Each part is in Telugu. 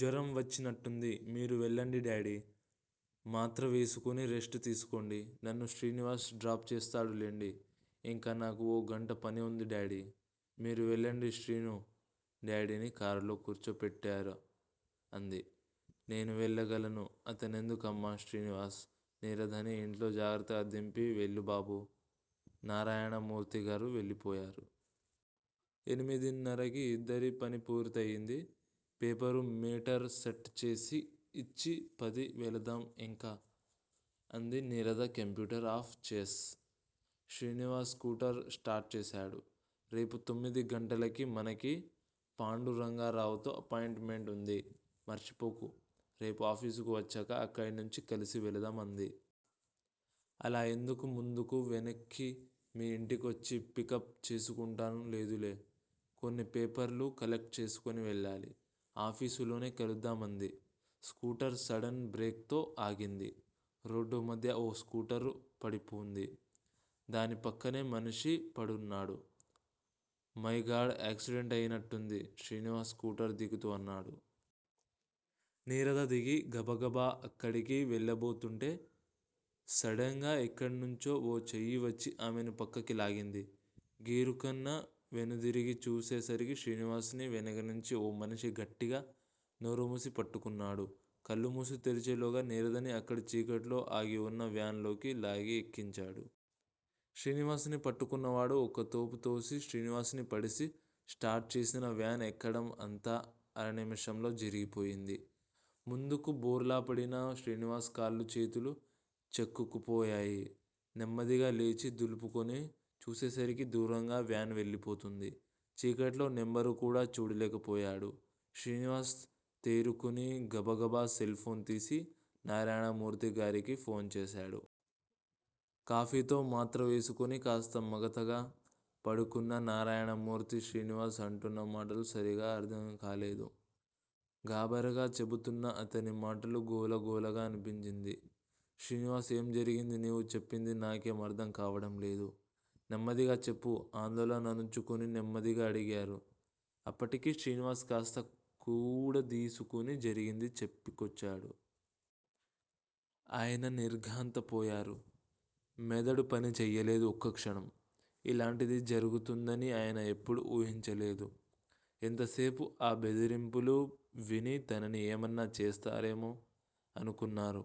జ్వరం వచ్చినట్టుంది. మీరు వెళ్ళండి డాడీ, మాత్ర వేసుకుని రెస్ట్ తీసుకోండి. నన్ను శ్రీనివాస్ డ్రాప్ చేస్తాడులెండి ఇంకా నాకు ఓ గంట పనివుంది డాడీ. మీరు వెళ్ళండి శ్రీనూ, డాడీని కారులో కూర్చో పెట్టిరా అంది. నేను వెళ్ళగలను అతనెందుకమ్మా, శ్రీనివాస్! నీరదని ఇంట్లో జాగ్రత్తగా దింపి వెళ్ళు బాబూ నారాయణమూర్తిగారు వెళ్ళిపోయారు. ఎనిమిదిన్నరకి ఇద్దరి పనీ పూర్తి అయింది. పేపరు మేటర్ సెట్ చేసి ఇచ్చి పద వెళదాం ఇంక అంది నీరద కంప్యూటర్ ఆఫ్ చేసి. శ్రీనివాస్ స్కూటర్ స్టార్ట్ చేశాడు. రేపు తొమ్మిదిగంటలకి మనకి పాండురంగారావుతో అపాయింట్ మెంట్ వుంది. మర్చిపోకు. రేపు ఆఫీసుకి వచ్చాక అక్కడినించి కలిసి వెళదాం అంది. అలా ఎందుకు ముందుకూ, వెనక్కి మీ ఇంటికొచ్చి పికప్ చేసుకుంటాను లేదులే. కొన్ని పేపర్లు కలెక్ట్ చేసుకుని వెళ్ళాలి, ఆఫీసులోనే కలుద్దాం అంది. స్కూటర్ సడెన్ బ్రేక్ తో ఆగింది. రోడ్డుమధ్య ఓ స్కూటరు పడివుంది. దానిపక్కనే మనిషి పడున్నాడు. మైగాడ్ యాక్సిడెంట్ అయినట్టుంది. శ్రీనివాస్ స్కూటర్ దిగుతూ అన్నాడు. నీరద దిగి గబగబా అక్కడికి వెళ్ళబోతూంటే సడెన్ గా ఎక్కడినించో ఓ చెయ్యివచ్చి ఆమెని పక్కకి లాగింది. గిరుక్కున వెనుదిరిగి చూసేసరికి శ్రీనివాస్ ని వెనకనించి ఓ మనిషి గట్టిగా నోరుమూసి పట్టుకున్నాడు. కళ్ళుమూసి తెరిచేలోగా నీరదని అక్కడ చీకట్లో ఆగివున్న వ్యాన్ లోకి లాగి ఎక్కించాడు. శ్రీనివాస్ ని పట్టుకున్నవాడు ఒక్కతోపు తోసి శ్రీనివాస్ ని పడేసి స్టార్ట్ చేసిన వ్యాన్ ఎక్కడం అంతా అరనిముషంలో జరిగిపోయింది. ముందుకు బోర్లాపడిన శ్రీనివాస్ కాళ్ళు చేతులు చెక్కుకుపోయాయి. నెమ్మదిగా లేచి దులుపుకుని చూసేసరికి దూరంగా వ్యాన్ వెళ్ళిపోతోంది. చీకట్లో నెంబరుకూడా చూడలేకపోయాడు. శ్రీనివాస్ తేరుకుని గబగబా సెల్ ఫోన్ తీసి నారాయణమూర్తిగారికి ఫోను చేశాడు. కాఫీతో మాత్ర వేసుకుని కాస్త మగతగా పడుకున్న నారాయణమూర్తికి శ్రీనివాస్ అంటున్న మాటలు సరిగా అర్థంకాలేదు. గాభరాగా చెబుతున్న అతని మాటలు గోలగోలగా అనిపించింది. శ్రీనివాస్ ఏం జరిగింది నీవు చెప్పింది నాకేం అర్థం కావడంలేదు. నెమ్మదిగా చెప్పు ఆందోళన అణచుకుని నెమ్మదిగా అడిగారు. అప్పటికి శ్రీనివాస్ కాస్త కూడదీసుకుని జరిగింది చెప్పుకొచ్చాడు. ఆయన నిర్ఘాంతపోయారు. మెదడు పనిచెయ్యలేదు ఒక్కక్షణం. ఇలాంటిది జరిగుతుందని ఆయన ఎప్పుడూ ఊహించలేదు. ఎంతసేపూ ఆ బెదిరింపులు విని తనని ఏమన్నా చేస్తారేమో అనుకున్నారు.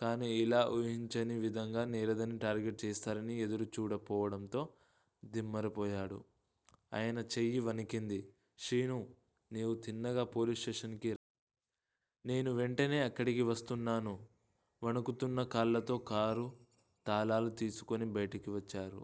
కాని ఇలా ఊహించని విధంగా నీరదని టార్గెట్ చేస్తారని ఎదురు చూడకపోవడంతో దిమ్మెరపోయాడు. ఆయన చెయ్యి వణికింది. శీనూ, నీవు తిన్నగా పోలీసు స్టేషన్ కి నేనూ వెంటనే అక్కడికి వస్తున్నాను వణుకుతున్న కాళ్లతో కారు తాళాలు తీసుకుని బయటికి వచ్చారు.